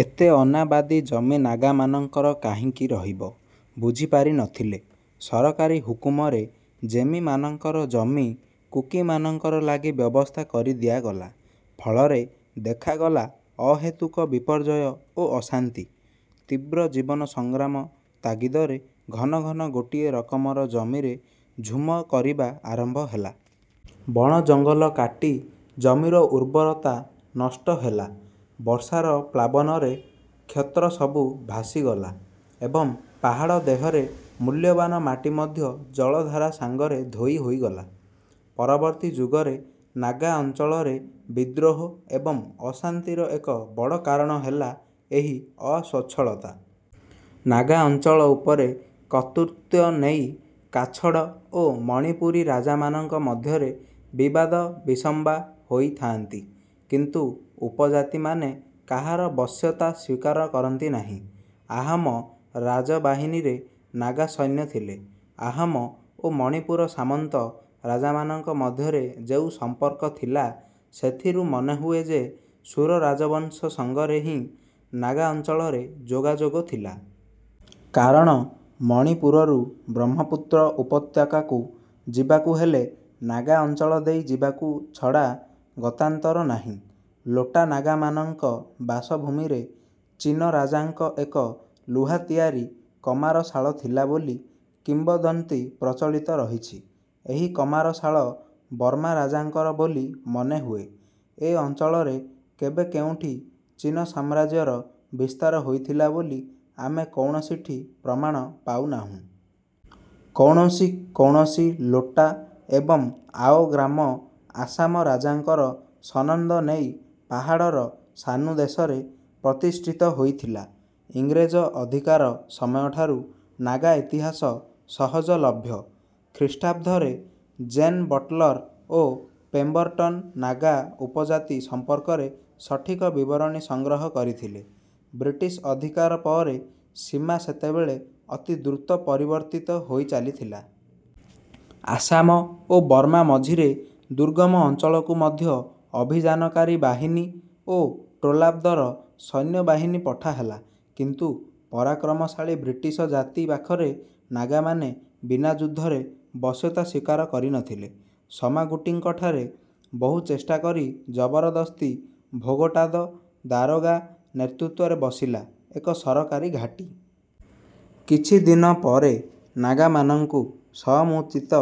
ଏତେ ଅନାବାଦି ଜମି ନାଗାମାନଙ୍କର କାହିଁକି ରହିବ ବୁଝିପାରି ନଥିଲେ। ସରକାରୀ ହୁକୁମରେ ଜେମି ମାନଙ୍କର ଜମି କୁକିମାନଙ୍କର ଲାଗି ବ୍ୟବସ୍ଥା କରିଦିଆଗଲା। ଫଳରେ ଦେଖାଗଲା ଅହେତୁକ ବିପର୍ଯ୍ୟୟ ଓ ଅଶାନ୍ତି। ତୀବ୍ର ଜୀବନ ସଂଗ୍ରାମ ତାଗିଦରେ ଘନ ଘନ ଗୋଟିଏ ରକମର ଜମିରେ ଝୁମ କରିବା ଆରମ୍ଭ ହେଲା। ବଣଜଙ୍ଗଲ କାଟି ଜମିର ଉର୍ବରତା ନଷ୍ଟ ହେଲା। ବର୍ଷାର ପ୍ଲାବନରେ କ୍ଷେତ୍ରସବୁ ଭାସିଗଲା ଏବଂ ପାହାଡ଼ ଦେହରେ ମୂଲ୍ୟବାନ ମାଟି ମଧ୍ୟ ଜଳଧାରା ସାଙ୍ଗରେ ଧୋଇ ହୋଇଗଲା। ପରବର୍ତ୍ତୀ ଯୁଗରେ ନାଗା ଅଞ୍ଚଳରେ ବିଦ୍ରୋହ ଏବଂ ଅଶାନ୍ତିର ଏକ ବଡ଼ କାରଣ ହେଲା ଏହି ଅସ୍ୱଚ୍ଛଳତା। ନାଗା ଅଞ୍ଚଳ ଉପରେ କର୍ତ୍ତୃତ୍ୱ ନେଇ କାଛଡ଼ା ଓ ମଣିପୁରୀ ରାଜାମାନଙ୍କ ମଧ୍ୟରେ ବିବାଦ ବିସମ୍ବା ହୋଇଥାଆନ୍ତି। କିନ୍ତୁ ଉପଜାତିମାନେ କାହାର ବଶ୍ୟତା ସ୍ୱୀକାର କରନ୍ତି ନାହିଁ। ଆହମ ରାଜବାହିନୀରେ ନାଗା ସୈନ୍ୟ ଥିଲେ। ଆହମ ଓ ମଣିପୁର ସାମନ୍ତ ରାଜାମାନଙ୍କ ମଧ୍ୟରେ ଯେଉଁ ସମ୍ପର୍କ ଥିଲା, ସେଥିରୁ ମନେହୁଏ ଯେ ସୁର ରାଜବଂଶ ସଙ୍ଗରେ ହିଁ ନାଗା ଅଞ୍ଚଳରେ ଯୋଗାଯୋଗ ଥିଲା। କାରଣ ମଣିପୁରରୁ ବ୍ରହ୍ମପୁତ୍ର ଉପତ୍ୟକାକୁ ଯିବାକୁ ହେଲେ ନାଗା ଅଞ୍ଚଳ ଦେଇଯିବାକୁ ଛଡ଼ା ଗତାନ୍ତର ନାହିଁ। ଲୋଟା ନାଗାମାନଙ୍କ ବାସଭୂମିରେ ଚୀନ ରାଜାଙ୍କ ଏକ ଲୁହା ତିଆରି କମାରଶାଳ ଥିଲା ବୋଲି କିମ୍ବଦନ୍ତୀ ପ୍ରଚଳିତ ରହିଛି। ଏହି କମାରଶାଳ ବର୍ମା ରାଜାଙ୍କର ବୋଲି ମନେହୁଏ। ଏ ଅଞ୍ଚଳରେ କେବେ କେଉଁଠି ଚୀନ ସାମ୍ରାଜ୍ୟର ବିସ୍ତାର ହୋଇଥିଲା ବୋଲି ଆମେ କୌଣସିଠି ପ୍ରମାଣ ପାଉନାହୁଁ। କୌଣସି କୌଣସି ଲୋଟା ଏବଂ ଆଓ ଗ୍ରାମ ଆସାମ ରାଜାଙ୍କର ସନନ୍ଦ ନେଇ ପାହାଡ଼ର ସାନୁଦେଶରେ ପ୍ରତିଷ୍ଠିତ ହୋଇଥିଲା। ଇଂରେଜ ଅଧିକାର ସମୟଠାରୁ ନାଗା ଇତିହାସ ସହଜଲଭ୍ୟ। ଖ୍ରୀଷ୍ଟାବ୍ଦରେ ଜେନ୍‍ ବଟଲର ଓ ପେମ୍ବରଟନ୍ ନାଗା ଉପଜାତି ସମ୍ପର୍କରେ ସଠିକ ବିବରଣୀ ସଂଗ୍ରହ କରିଥିଲେ। ବ୍ରିଟିଶ ଅଧିକାର ପରେ ସୀମା ସେତେବେଳେ ଅତି ଦ୍ରୁତ ପରିବର୍ତ୍ତିତ ହୋଇଚାଲିଥିଲା। ଆସାମ ଓ ବର୍ମା ମଝିରେ ଦୁର୍ଗମ ଅଞ୍ଚଳକୁ ମଧ୍ୟ ଅଭିଯାନକାରୀ ବାହିନୀ ଓ ଟ୍ରେଲ୍ଦାର ସୈନ୍ୟବାହିନୀ ପଠାହେଲା; କିନ୍ତୁ ପରାକ୍ରମଶାଳୀ ବ୍ରିଟିଶ ଜାତି ପାଖରେ ନାଗାମାନେ ବିନା ଯୁଦ୍ଧରେ ବଶ୍ୟତା ସ୍ୱୀକାର କରିନଥିଲେ। ସମାଗୁଟିଙ୍କଠାରେ ବହୁ ଚେଷ୍ଟା କରି ଜବରଦସ୍ତି ଭୋଗଟାଦ ଦାରୋଗା ନେତୃତ୍ୱରେ ବସିଲା ଏକ ସରକାରୀ ଘାଟୀ। କିଛିଦିନ ପରେ ନାଗାମାନଙ୍କୁ ସମୁଚିତ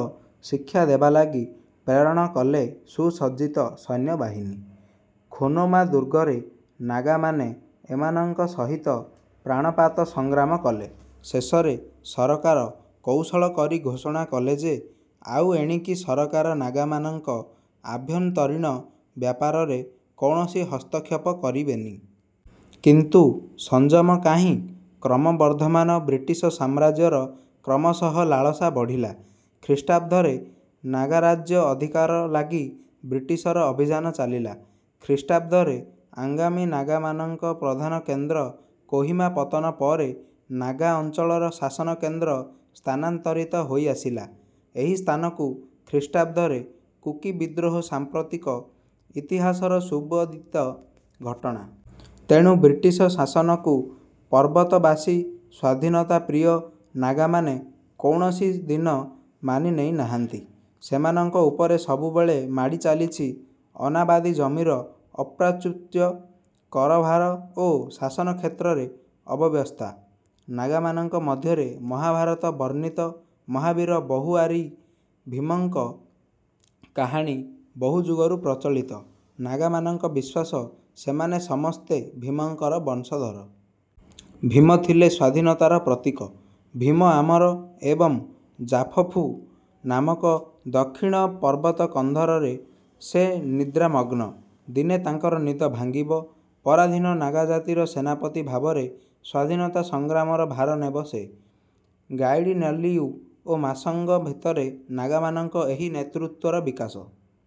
ଶିକ୍ଷା ଦେବା ଲାଗି ପ୍ରେରଣ କଲେ ସୁସଜ୍ଜିତ ସୈନ୍ୟବାହିନୀ। ଖୋନୋମା ଦୁର୍ଗରେ ନାଗାମାନେ ଏମାନଙ୍କ ସହିତ ପ୍ରାଣପାତ ସଂଗ୍ରାମ କଲେ। ଶେଷରେ ସରକାର କୌଶଳ କରି ଘୋଷଣା କଲେ ଯେ ଆଉ ଏଣିକି ସରକାର ନାଗାମାନଙ୍କ ଆଭ୍ୟନ୍ତରୀଣ ବ୍ୟାପାରରେ କୌଣସି ହସ୍ତକ୍ଷେପ କରିବେନି। କିନ୍ତୁ ସଂଯମ କାହିଁ? କ୍ରମବର୍ଦ୍ଧମାନ ବ୍ରିଟିଶ ସାମ୍ରାଜ୍ୟର କ୍ରମଶଃ ଲାଳସା ବଢ଼ିଲା। ଖ୍ରୀଷ୍ଟାବ୍ଦରେ ନାଗାରାଜ୍ୟ ଅଧିକାର ଲାଗି ବ୍ରିଟିଶର ଅଭିଯାନ ଚାଲିଲା। ଖ୍ରୀଷ୍ଟାବ୍ଦରେ ଆଙ୍ଗାମି ନାଗାମାନଙ୍କ ପ୍ରଧାନ କେନ୍ଦ୍ର କୋହିମା ପତନ ପରେ ନାଗା ଅଞ୍ଚଳର ଶାସନକେନ୍ଦ୍ର ସ୍ଥାନାନ୍ତରିତ ହୋଇଆସିଲା ଏହି ସ୍ଥାନକୁ। ଖ୍ରୀଷ୍ଟାବ୍ଦରେ କୁକି ବିଦ୍ରୋହ ସାମ୍ପ୍ରତିକ ଇତିହାସର ସୁବିଦିତ ଘଟଣା। ତେଣୁ ବ୍ରିଟିଶ ଶାସନକୁ ପର୍ବତବାସୀ ସ୍ୱାଧୀନତାପ୍ରିୟ ନାଗାମାନେ କୌଣସିଦିନ ମାନି ନେଇ ନାହାନ୍ତି। ସେମାନଙ୍କ ଉପରେ ସବୁବେଳେ ମାଡ଼ି ଚାଲିଛି ଅନାବାଦି ଜମିର ଅପ୍ରାଚୁର୍ଯ୍ୟ, କରଭାର ଓ ଶାସନକ୍ଷେତ୍ରରେ ଅବ୍ୟବସ୍ଥା। ନାଗାମାନଙ୍କ ମଧ୍ୟରେ ମହାଭାରତ ବର୍ଣ୍ଣିତ ମହାବୀର ବହୁଆହାରୀ ଭୀମଙ୍କ କାହାଣୀ ବହୁଯୁଗରୁ ପ୍ରଚଳିତ। ନାଗାମାନଙ୍କ ବିଶ୍ୱାସ—ସେମାନେ ସମସ୍ତେ ଭୀମଙ୍କର ବଂଶଧର। ଭୀମ ଥିଲେ ସ୍ୱାଧୀନତାର ପ୍ରତୀକ। ଭୀମ ଆମର ଏବଂ ଜାପଫୁ ନାମକ ଦକ୍ଷିଣ ପର୍ବତକନ୍ଦରରେ ସେ ନିଦ୍ରାମଗ୍ନ। ଦିନେ ତାଙ୍କର ନିଦ ଭାଙ୍ଗିବ, ପରାଧୀନ ନାଗାଜାତିର ସେନାପତି ଭାବରେ ସ୍ୱାଧୀନତା ସଂଗ୍ରାମର ଭାର ନେବେ ସେ। ଗାଇଡିନଲିଉ ଓ ମାଶାଙ୍ଗ ଭିତରେ ନାଗାମାନଙ୍କ ଏହି ନେତୃତ୍ୱର ବିକାଶ।